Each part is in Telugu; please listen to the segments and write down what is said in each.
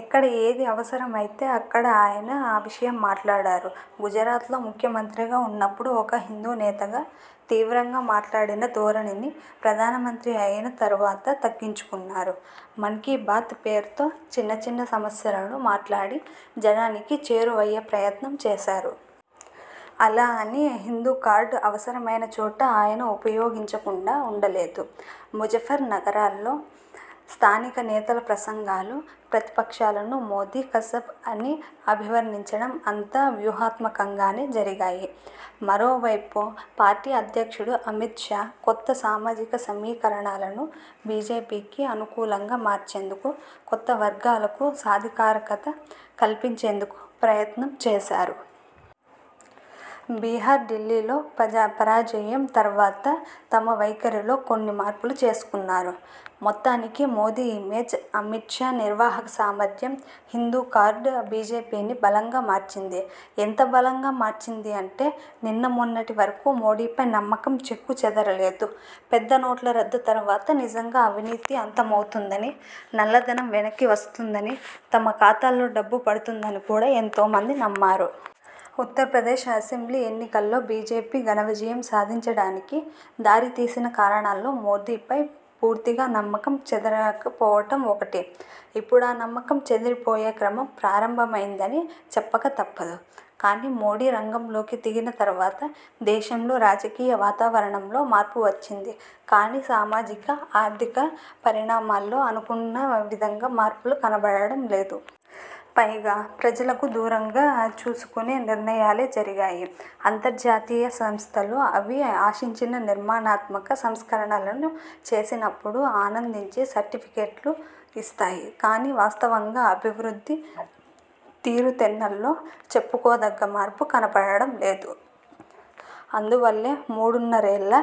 ఎక్కడ ఏది అవసరమైతే అక్కడ ఆయన ఆ విషయం మాట్లాడారు. గుజరాత్ లో ముఖ్యమంత్రిగా ఉన్నప్పుడు ఒక హిందూనేతగా తీవ్రంగా మాట్లాడిన ధోరణిని ప్రధానమంత్రి అయిన తర్వాత తగ్గించుకున్నారు. మన్ కీ బాత్ పేరుతో చిన్న చిన్న సమస్యలను మాట్లాడి జనానికి చేరువయ్యే ప్రయత్నం చేశారు. అలా అని హిందూ కార్డు అవసరమైన చోట ఆయన ఉపయోగించకుండా ఉండలేదు. ముజఫర్ నగర్లో స్థానిక నేతల ప్రసంగాలు, ప్రతిపక్షాలను మోదీ కసబ్ అని అభివర్ణించడం అంతా వ్యూహాత్మకంగానే జరిగాయి. మరో వైపు పార్టీ అధ్యక్షుడు అమిత్ షా కొత్త సామాజిక సమీకరణాలను బిజెపికి అను కూలంగా మార్చేందుకు, కొత్త వర్గాలకు సాధికారకత కల్పించేందుకు ప్రయత్నం చేసారు. బీహార్, ఢిల్లీలో పరాజయం తర్వాత తమ వైఖరిలో కొన్ని మార్పులు చేసుకున్నారు. మొత్తానికి మోదీ ఇమేజ్, అమిత్ షా నిర్వాహక సామర్థ్యం, హిందూ కార్డు బిజెపిని బలంగా మార్చింది. ఎంత బలంగా మార్చిందంటే నిన్నమొన్నటి వరకూ మోదీపై నమ్మకం చెక్కు చెదరలేదు. పెద్ద నోట్ల రద్దు తర్వాత నిజంగా అవినీతి అంతమవుతుందని, నల్లధనం వెనక్కి వస్తుందని, తమ ఖాతాల్లో డబ్బు పడుతుందని కూడా ఎంతోమంది నమ్మారు. ఉత్తరప్రదేశ్ అసెంబ్లీ ఎన్నికల్లో బిజెపి ఘన విజయం సాధించడానికి దారి తీసిన కారణాల్లో మోదీపై పూర్తిగా నమ్మకం చెదరకపోవడం ఒకటి. ఇప్పుడా నమ్మకం చెదిరిపోయే క్రమం ప్రారంభమైందని చెప్పక తప్పదు. కాని మోడీ రంగంలోకి దిగిన తర్వాత దేశంలో రాజకీయ వాతావరణంలో మార్పు వచ్చింది కాని సామాజిక, ఆర్థిక పరిణామాల్లో అనుకున్న విధంగా మార్పులు కనపడడం లేదు. పైగా ప్రజలకు దూరంగా చేసుకునే నిర్ణయాలే జరిగాయి. అంతర్జాతీయ సంస్థలు అవి ఆశించిన నిర్మాణాత్మక సంస్కరణలను చేసినప్పుడు ఆనందించి సర్టిఫికెట్లు ఇస్తాయి కాని వాస్తవంగా అభివృద్ది తీరుతెన్నుల్లో చెప్పుకోదగ్గ మార్పు కనపడడం లేదు. అందువల్లే మూడున్నరేళ్ల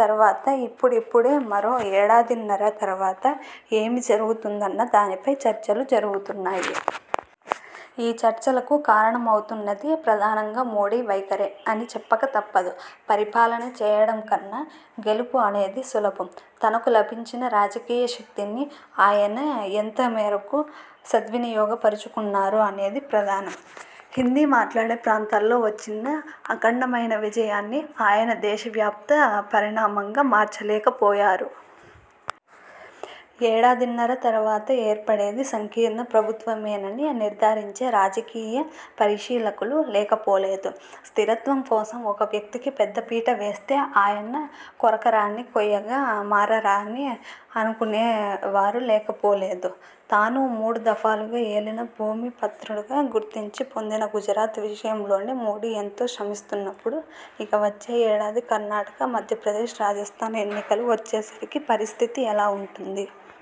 తర్వాత ఇప్పుడిప్పుడే మరో ఏడాదిన్నర తర్వాత ఏమి జరుగుతుందన్న దానిపైనే చర్చలు జరుగుతున్నాయి. ఈ చర్చలకు కారణమవుతున్నది ప్రధానంగా మోడీ వైఖరే అని చెప్పక తప్పదు. పరిపాలన చేయడం కన్నా గెలుపు అనేది సులభం. తనకు లభించిన రాజకీయ శక్తిని ఆయన ఎంతమేరకు సద్వినియోగపరుచుకున్నారు అనేది ప్రధానం. హిందీ మాట్లాడే ప్రాంతాల్లో వచ్చిన అఖండమైన విజయాన్ని ఆయన దేశ వ్యాప్త పరిణామంగా మార్చలేకపోయారు. ఏడాదిన్నర తర్వాత ఏర్పడేది సంకీర్ణ ప్రభుత్వమేనని నిర్ధారించే రాజకీయ పరిశీలకులూ లేకపోలేదు. స్థిరత్వం కోసం ఒక వ్యక్తికి పెద్ద పీట వేస్తే ఆయన కొరకరాని కొయ్యగా మారారని అనుకునేవారూ లేకపోలేదు. తాను మూడు దఫాలుగా ఏలిన, భూమి పత్రుడుగా గుర్తింపు పొందిన గుజరాత్ విషయంలోనే మోడీ ఎంతో శ్రమిస్తున్నప్పుడు ఇక వచ్చే ఏడాది కర్ణాటక, మధ్యప్రదేశ్, రాజస్థాన్ ఎన్నికలు వచ్చే సరికి పరిస్థితి ఎలా ఉంటుంది?